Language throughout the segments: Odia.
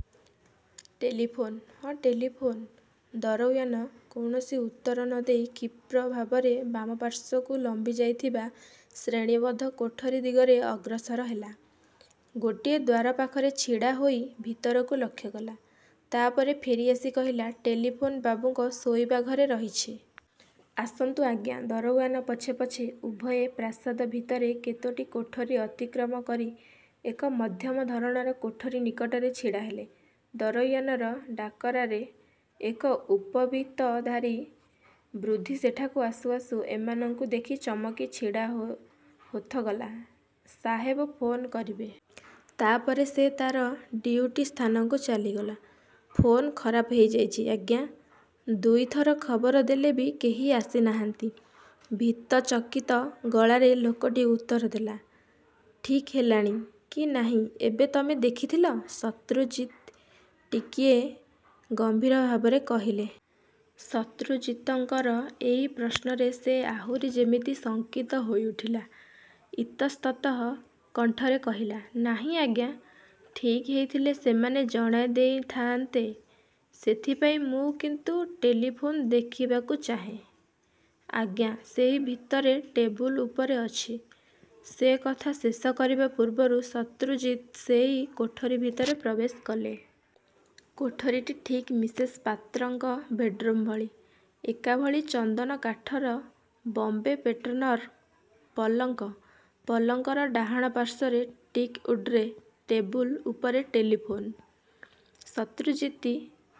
' 'ଟେଲିଫୋନ? ' 'ହଁ, ଟେଲିଫୋନ। ' ଦରଓ୍ୟାନ କୌଣସି ଉତ୍ତର ନ ଦେଇ କ୍ଷିପ୍ର ଭାବରେ ବାମପାର୍ଶ୍ୱକୁ ଲମ୍ୱିଯାଇଥିବା ଶ୍ରେଣୀବଦ୍ଧ କୋଠରି ଦିଗରେ ଅଗ୍ରସର ହେଲା। ଗୋଟିଏ ଦ୍ୱାର ପାଖରେ ଛିଡ଼ା ହୋଇ ଭିତରକୁ ଲକ୍ଷ୍ୟ କଲା। ତା'ପରେ ଫେରିଆସି କହିଲା, 'ଟେଲିଫୋନ ବାବୁଙ୍କ ଶୋଇବାଘରେ ରହିଛି। ଆସନ୍ତୁ ଆଜ୍ଞା' ଦରଓ୍ୟାନ ପଛେ ପଛେ ଉଭୟେ ପ୍ରାସାଦ ଭିତରେ କେତୋଟି କୋଠରି ଅତିକ୍ରମ କରି ଏକ ମଧ୍ୟମ ଧରଣର କୋଠରି ନିକଟରେ ଛିଡ଼ା ହେଲେ। ଦରଓ୍ୟାନର ଡାକରାରେ ଏକ ଉପବୀତଧାରୀ ବୃଦ୍ଧି ସେଠାକୁ ଆସୁ ଆସୁ ଏମାନଙ୍କୁ ଦେଖି ଚମକି ଛିଡ଼ା ହୋଥଗଲା। 'ସାହେବ ଫୋନ କରିବେ। ' ତା'ପରେ ସେ ତା'ର ଡିଉଟି ସ୍ଥାନକୁ ଚାଲିଗଲା। 'ଫୋନ ଖରାପ ହେଇଯାଇଚି, ଆଜ୍ଞା! ଦୁଇଥର ଖବର ଦେଲେ ବି କେହି ଆସିନାହାନ୍ତି-! ଭୀତଚକିତ ଗଳାରେ ଲୋକଟି ଉତ୍ତର ଦେଲା। ଠିକ୍ ହେଲାଣି କି ନାହିଁ ଏବେ ତମେ ଦେଖିଥିଲ? ଶତ୍ରୁ ଜିତି ଟିକିଏ ଗମ୍ଭୀର ଭାବରେ କହିଲେ। ଶତ୍ରୁଜିତଙ୍କର ଏଇ ପ୍ରଶ୍ନରେ ସେ ଆହୁରି ଯେମିତି ଶଙ୍କିତ ହୋଇଉଠିଲା। ଇତସ୍ତତଃ କଣ୍ଠରେ କହିଲା, 'ନାହିଁ ଆଜ୍ଞା, ଠିକ୍ ହେଇଥିଲେ ସେମାନେ ଜଣାଇଦେଇ ଥାଆନ୍ତେ ସେଥିପାଇଁ ' 'ମୁଁ କିନ୍ତୁ ଟେଲିଫୋନ୍ ଦେଖିବାକୁ ଚାହେଁ' 'ଆଜ୍ଞା, ସେଇ ଭିତରେ ଟେବୁଲ ଉପରେ ଅଛି। ' ସେ କଥା ଶେଷ କରିବା ପୂର୍ବରୁ ଶତ୍ରୁଜିତ ସେଇ କୋଠରି ଭିତରେ ପ୍ରବେଶ କଲେ। କୋଠରିଟି ଠିକ୍ ମିସେସ ପାତ୍ରଙ୍କର ବେଡ଼୍ରୁମ ଭଳି। ଏକାଭଳି ଚନ୍ଦନକାଠର ବମ୍ବେ ପେଟର୍ଣ୍ଣର ପଲଙ୍କ। ପଲଙ୍କର ଡାହାଣ ପାର୍ଶ୍ୱରେ ଟିକ୍ଉଡ଼୍ରେ ଟେବୁଲ ଉପରେ ଟେଲିଫୋନ। ଶତ୍ରୁଜିତି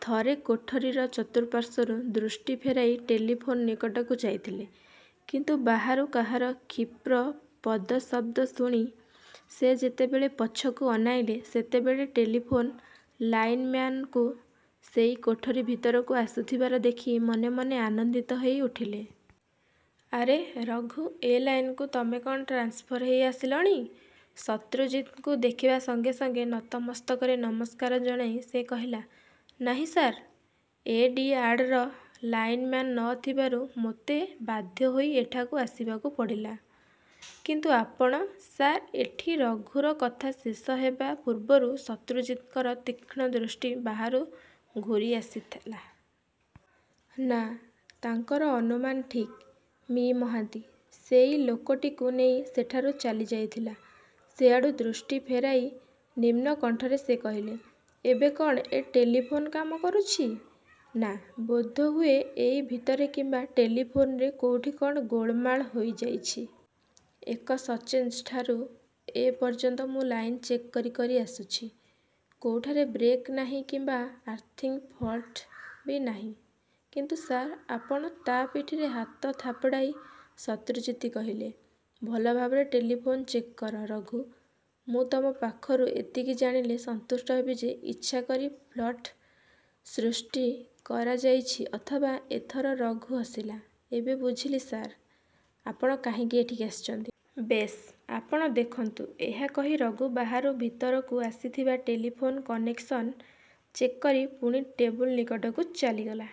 ଥରେ କୋଠରିର ଚତୁଃପାର୍ଶ୍ୱରୁ ଦୃଷ୍ଟି ଫେରାଇ ଟେଲିଫୋନ୍ ନିକଟକୁ ଯାଇଥିଲେ, କିନ୍ତୁ ବାହାରୁ କାହାର କ୍ଷିପ୍ର ପଦଶବ୍ଦ ଶୁଣି ସେ ଯେତେବେଳେ ପଛକୁ ଅନାଇଲେ ସେତେବେଳେ ଟେଲିଫୋନ ଲାଇନମ୍ୟାନକୁ ସେଇ କୋଠରି ଭିତରକୁ ଆସୁଥିବାର ଦେଖି ମନେ ମନେ ଆନନ୍ଦିତ ହେଇ ଉଠିଲେ। 'ଆରେ, ରଘୁ! ଏ ଲାଇନକୁ ତମେ କ'ଣ ଟ୍ରାନ୍ସଫର ହେଇ ଆସିଲଣି? ' ଶତ୍ରୁଜିତଙ୍କୁ ଦେଖିବା ସଙ୍ଗେ ସଙ୍ଗେ ନତମସ୍ତକରେ ନମସ୍କାର ଜଣାଇ ସେ କହିଲା, 'ନାହିଁ ସାର୍ ଏଡିଆଡ଼ର ଲାଇନମ୍ୟାନ ନ ଥିବାରୁ ମୋତେ ବାଧ୍ୟ ହୋଇ ଏଠାକୁ ଆସିବାକୁ ପଡ଼ିଲା-। କିନ୍ତୁ ଆପଣ ସାର୍ ଏଠି ରଘୁର କଥା ଶେଷ ହେବା ପୂର୍ବରୁ ଶତ୍ରୁଜିତଙ୍କର ତୀକ୍ଷ୍ଣ ଦୃଷ୍ଟି ବାହରୁ ଘୂରିଆସିଲା। ନା, ତାଙ୍କର ଅନୁମାନ ଠିକ୍। ମି: ମହାନ୍ତି ସେଇ ଲୋକଟିକୁ ନେଇ ସେଠାରୁ ଚାଲିଯାଇଥିଲା। ସେଆଡ଼ୁ ଦୃଷ୍ଟି ଫେରାଇ ନିମ୍ନ କଣ୍ଠରେ ସେ କହିଲେ, 'ଏବେ କ'ଣ ଏ ଟେଲିଫୋନ କାମ କରୁଛି? ' 'ନା। ବୋଧହୁଏ ଏଇ ଭିତରେ କିମ୍ବା ଟେଲିଫୋନରେ କୋଉଠି କ'ଣ ଗୋଳମାଳ ହେଇଯାଇଛି। ଏକସଚେଞ୍ଜଠାରୁ ଏପର୍ଯ୍ୟନ୍ତ ମୁଁ ଲାଇନ ଚେକ କରି କରି ଆସୁଛି, କୋଉଠାରେ ବ୍ରେକ ନାହିଁ କିମ୍ବା ଆରଥିଙ୍ଗ୍ ଫଲ୍ଟ ବି ନାହିଁ। କିନ୍ତୁ ସାର୍ ଆପଣ ' ତା ପିଠିରେ ହାତ ଥାପଡ଼ାଇ ଶତ୍ରୁଜିତି କହିଲେ, 'ଭଲ ଭାବରେ ଟେଲିଫୋନ୍ ଚେକ୍ କର, ରଘୁ! ମୁଁ ତମ ପାଖରୁ ଏତିକି ଜାଣିଲେ ସନ୍ତୁଷ୍ଟ ହେବି ଯେ ଇଚ୍ଛା କରି ଫଲ୍ଟ ସୃଷ୍ଟି କରାଯାଇଛି ଅଥବା ' ଏଥର ରଘୁ ହସିଲା–'ଏବେ ବୁଝିଲି, ସାର୍, ଆପଣ କାହିଁକି ଏଠିକି ଆସିଛନ୍ତି। ବେଶ୍, ଆପଣ ଦେଖନ୍ତୁ—'ଏହା କହି ରଘୁ ବାହାରୁ ଭିତରକୁ ଆସିଥିବା ଟେଲିଫୋନ କନେକସନ ଚେକ କରି ପୁଣି ଟେବୁଲ ନିକଟକୁ ଚାଲିଗଲା।